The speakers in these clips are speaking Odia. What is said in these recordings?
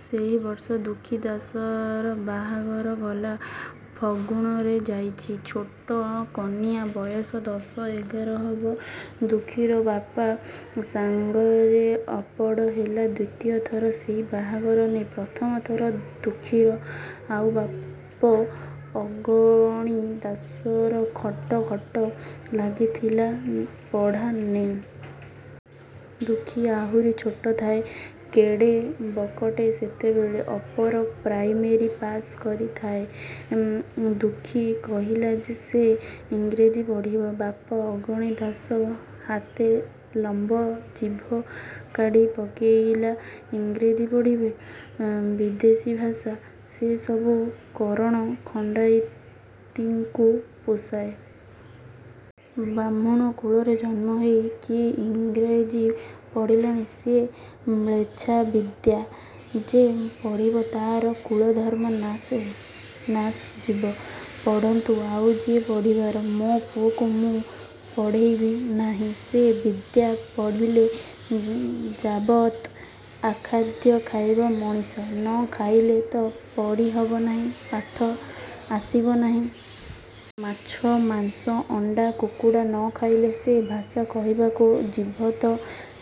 ସେଇ ବର୍ଷ ଦୁଃଖୀ ଦାଶର ବାହାଘର ଗଲା ଫଗୁଣରେ ଯାଇଚି। ଛୋଟ କନିଆ। ବୟସ ଦଶ ଏଗାର ହବ। ଦୁଃଖୀର ବାପ ସାଙ୍ଗରେ ଅପଡ଼ ହେଲା ଦ୍ୱିତୀୟ ଥର ସେଇ ବାହାଘର ନେଇ। ପ୍ରଥମ ଥର ଦୁଃଖୀର ଆଉ ବାପ ଅଗଣି ଦାଶର ଖଟ ଖଟ ଲାଗିଥିଲା ପଢ଼ା ନେଇ। ଦୁଃଖୀ ଆହୁରି ଛୋଟ ଥାଏ। କେଡ଼େ ବକଟେ ସେତେବେଳେ। ଅପର ପ୍ରାଇମେରୀ ପାଶ୍ କରିଥାଏ। ଦୁଃଖୀ କହିଲା ସେ ଇଂରେଜୀ ପଢ଼ିବ। ବାପ ଅଗଣି ଦାଶ ହାତେ ଲମ୍ୱ ଜିଭ କାଢ଼ି ପକେଇଲା। ଇଂରେଜୀ ପଢ଼ିବ? ବିଦେଶୀ ଭାଷା। ସେ ସବୁ କରଣ ଖଣ୍ତାଇତିଙ୍କୁ ପୋଷାଏ। ବାହ୍ମୁଣ କୁଳରେ ଜନ୍ମ ହେଇ କିଏ ଇଂରେଜୀ ପଢ଼ିଲାଣି? ସେ ମ୍ଳେଚ୍ଛ ବିଦ୍ୟା। ଯେ ପଢ଼ିବ ତା'ର କୁଳଧର୍ମ ନାଶ ଯିବ। ପଢ଼ନ୍ତୁ ଆଉ ଯିଏ ପଢ଼ିବାର। ମୋ ପୁଅକୁ ମୁଁ ପଢ଼େଇବି ନାହିଁ। ସେ ବିଦ୍ୟା ପଢ଼ିଲେ ଯାବତ୍ ଅଖାଦ୍ୟ ଖାଇବ ମଣିଷ। ନ ଖାଇଲେ ତ ପଢ଼ି ହବ ନାହିଁ ପାଠ ଆସିବ ନାହିଁ। ମାଛ, ମାଂସ, ଅଣ୍ତା, କୁକୁଡ଼ା ନ ଖାଇଲେ ସେ ଭାଷା କହିବାକୁ ଜିଭ ତ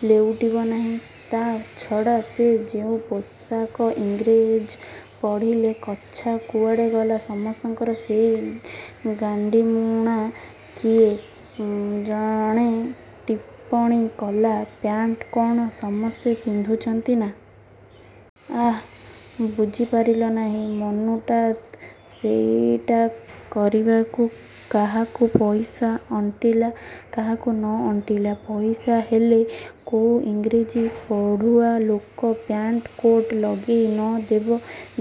ଲେଉଟିବ ନାହିଁ। ତା ଛଡ଼ା ସେ ଯେଉଁ ପୋଷାକ! ଇଂରେଜ ପଢ଼ିଲେ କଛା କୁଆଡ଼େ ଗଲା ସମସ୍ତଙ୍କର ସେଇ ଗାଣ୍ତିମୁଣା। କିଏ। ଜଣେ ଟିପ୍ପଣୀ କଲା ପ୍ୟାଣ୍ଟ କ'ଣ ସମସ୍ତେ ପିନ୍ଧୁଛନ୍ତିନା। ଆଃ, ବୁଝି ପାରିଲ ନାହିଁ? ମନୁଟାତ ସେଇଟା କରିବାକୁ। କାହାକୁ ପଇସା ଅଣ୍ଟିଲା କାହାକୁ ନ ଅଣ୍ଟିଲା। ପଇସା ହେଲେ କୋଉ ଇଂରେଜୀ ପଢ଼ୁଆ ଲୋକ ପ୍ୟାଣ୍ଟ କୋଟ୍ ଲଗେଇ ନ ଦେବ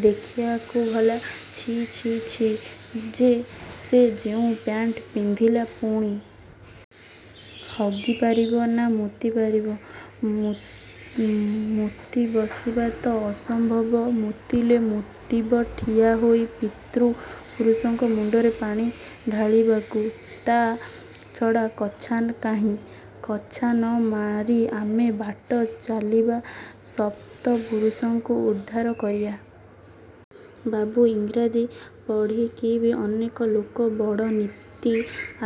ଦେଖିବାକୁ ଭଲା। ଛି, ଛି, ଛି ସେ ଯେଉଁ ପ୍ୟାଣ୍ଟ ପିନ୍ଧିଲା ପୁଣି। ହଗି ପାରିବ ନା ମୂତି ପାରିବ ମୂତି ବସିବା ତ ଅସମ୍ଭବ। ମୂତିଲେ ମୂତିବ ଠିଆ ହୋଇ ପିତୃ ପୁରୁଷଙ୍କ ମୁଣ୍ତରେ ପାଣି ଢାଳିବାକୁ । ତା' ଛଡ଼ା କଛା କାହିଁ? କଛା ନ ମାରି ଆମେ ବାଟ ଚାଲିବା? ସପ୍ତ ପୁରୁଷଙ୍କୁ ଉଦ୍ଧାର କରିବା? ବାବୁ, ଇଂରାଜୀ ପଢ଼ିକିବି ଅନେକ ଲୋକ ବଡ଼ ନୀତି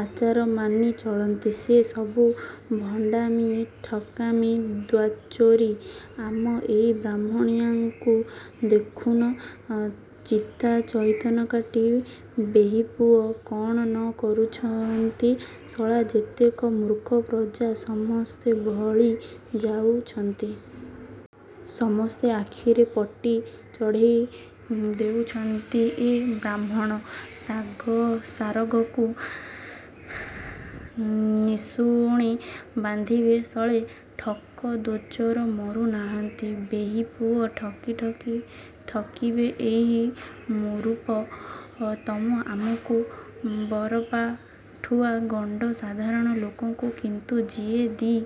ଆଚାର ମାନି ଚଳନ୍ତି। ସେ ସବୁ ଭଣ୍ତାମି ଠକାମି ଦ୍ୱାଚୋରି। ଆମ ଏଇ ବାହ୍ମୁଣିଆଙ୍କୁ ଦେଖୁନ ଚିତା ଚଇତନ କାଟି ବେହିପୁଅ କଣ ନ କରୁଚନ୍ତି। ଶଳା ଯେତେକ ମୂର୍ଖ ପ୍ରଜା ସମସ୍ତେ ଭଳି ଯାଉଚନ୍ତି । ସମସ୍ତେ ଆଖିରେ ପଟି ଚଢ଼େଇ ଦେଉଚନ୍ତି ଏ ବାହ୍ମୁଣ। ଶାଗ ସାରଗକୁ ନିଶୁଣି ବାନ୍ଧିବେ ଶଳେ ଠକ ଦ୍ୱାଚୋର ମରୁ ନାହାନ୍ତି ବେହିପୁଅ ଠକି ଠକି ଠକିବେ ଏଇ ମୂରୁପ ତମ ଆମଙ୍କୁ ବରପାଠୁଆ ଗଣ୍ତ ସାଧାରଣ ଲୋକଙ୍କୁ କିନ୍ତୁ ଯିଏ ଦି'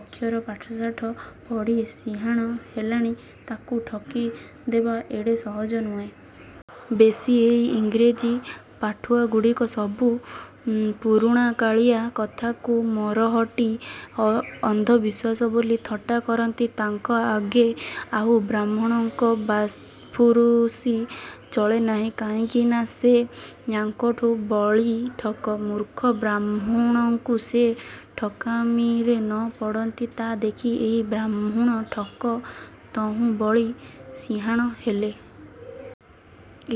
ଅକ୍ଷର ପାଠ ଶାଠ ପଢ଼ି ସିହାଣ ହେଲାଣି ତାକୁ ଠକି ଦେବା ଏଡ଼େ ସହଜ ନୁହେଁ। ବେଶି ଏଇ ଇଂରେଜୀ ପାଠୁଆଗୁଡ଼ିକ ସବୁ ପୁରୁଣାକାଳିଆ କଥାକୁ ମରହଟ୍ଟି ଅ ଅନ୍ଧବିଶ୍ୱାସ ବୋଲି ଥଟ୍ଟା କରନ୍ତି। ତାଙ୍କ ଆଗେ ଆଉ ବାହ୍ମୁଣଙ୍କ ବାତ୍ଫୁରୁସି ଚଳେ ନାହିଁ। କାହିଁକିନା ସେ ୟାଙ୍କଠୁ ବଳି ଠକ। ମୂର୍ଖ ବାହ୍ମୁଣଙ୍କୁ ସେ ଠକାମିରେ ନ ପଡ଼ନ୍ତି। ତା' ଦେଖି ଏଇ ବାହ୍ମୁଣ ଠକ ତହୁଁ ବଳି ସିହାଣ ହେଲେ।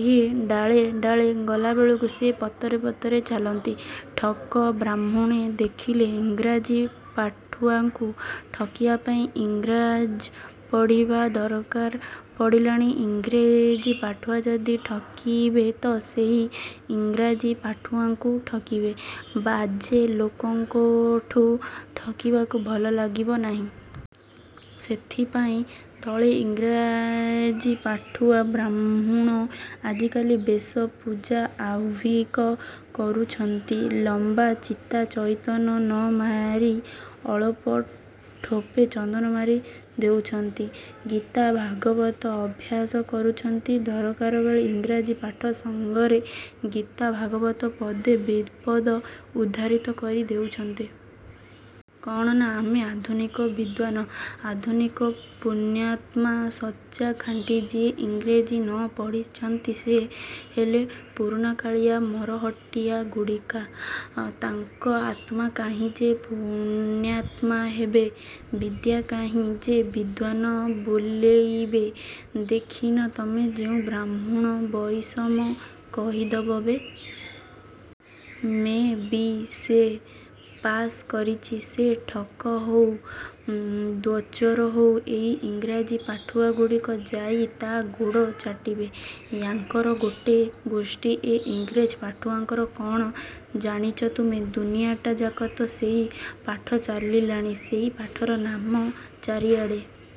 ଏ ଡାଳେ ଡାଳେ ଗଲାବେଳକୁ ସେ ପତରେ ପତରେ ଚାଲନ୍ତି। ଠକ ବାହ୍ମୁଣେ ଦେଖିଲେ ଇଂରାଜୀ ପାଠୁଆଙ୍କୁ ଠକିବାପାଇଁ ଇଂରାଜ ପଢ଼ିବା ଦରକାର ପଡ଼ିଲାଣି। ଇଂରେଜୀ ପାଠୁଆ ଯଦି ଠକିବେ ତ ସେଇ ଇଂରାଜୀ ପାଠୁଆଙ୍କଠୁ ଠକିବେ। ବାଜେ ଲୋକଙ୍କଠୁ ଠକିବାକୁ ଭଲ ଲାଗିବ ନାହିଁ। ସେଥିପାଇଁ ଦଳେ ଇଂରେଜୀ ପାଠୁଆ ବାହ୍ମୁଣ ଆଜିକାଲି ବେଶ ପୂଜା ଆହ୍ନିକ କରୁଛନ୍ତି। ଲମ୍ବା ଚିତା ଚଇତନ ନ ମାରି ଅଳପ ଠୋପେ ଚନ୍ଦନ ମାରି ଦେଉଛନ୍ତି। ଗୀତା ଭାଗବତ ଅଭ୍ୟାସ କରୁଛନ୍ତି। ଦରକାରବେଳେ ଇଂରେଜୀ ପାଠ ସାଙ୍ଗରେ ଗୀତା ଭାଗବତ ପଦେ ଦିପଦ ଉଦ୍ଧାରିତ କରି ଦେଉଛନ୍ତି। କ'ଣ ନା ଆମେ ଆଧୁନିକ ବିଦ୍ୱାନ୍। ଆଧୁନିକ ପୁଣ୍ୟାତ୍ମା ସଚା, ଖାଣ୍ଟି। ଯିଏ ଇଂରେଜୀ ନ ପଢ଼ିଛନ୍ତି ସେ ହେଲେ ପୁରୁଣାକାଳିଆ ମରହଟ୍ଟିଆଗୁଡିକା ଆଉ ତାଙ୍କ ଆତ୍ମା କାହିଁ ଯେ ପୁଣ୍ୟାତ୍ମା ହେବେ ବିଦ୍ୟା କାହିଁ ଯେ ବିଦ୍ୱାନ୍ ବୋଲେଇବେ। ଦେଖିନ ତମେ ଯେଉଁ ବାହ୍ମୁଣ ବଇଷମ କହିଦବ ବେ। ମେ ବି ସେ ପାସ କରିଚି ସେ ଠକ ହଉ, ଦ୍ୱାଚୋର ହଉ, ଏଇ ଇଂରାଜୀ ପାଠୁଆଗୁଡ଼ିକ ଯାଇ ତା' ଗୋଡ଼ ଚାଟିବେ। ୟାଙ୍କର ଗୋଟେ ଗୋଷ୍ଠୀ ଏ ଇଂରେଜ ପାଠୁଆଙ୍କର। କ'ଣ ଜାଣିଚ ତମେ ଦୁନିଆଟା ଯାକ ତ ସେଇ ପାଠ ଚଳିଲାଣି ସେଇ ପାଠର ମାନ ଚାରିଆଡ଼େ।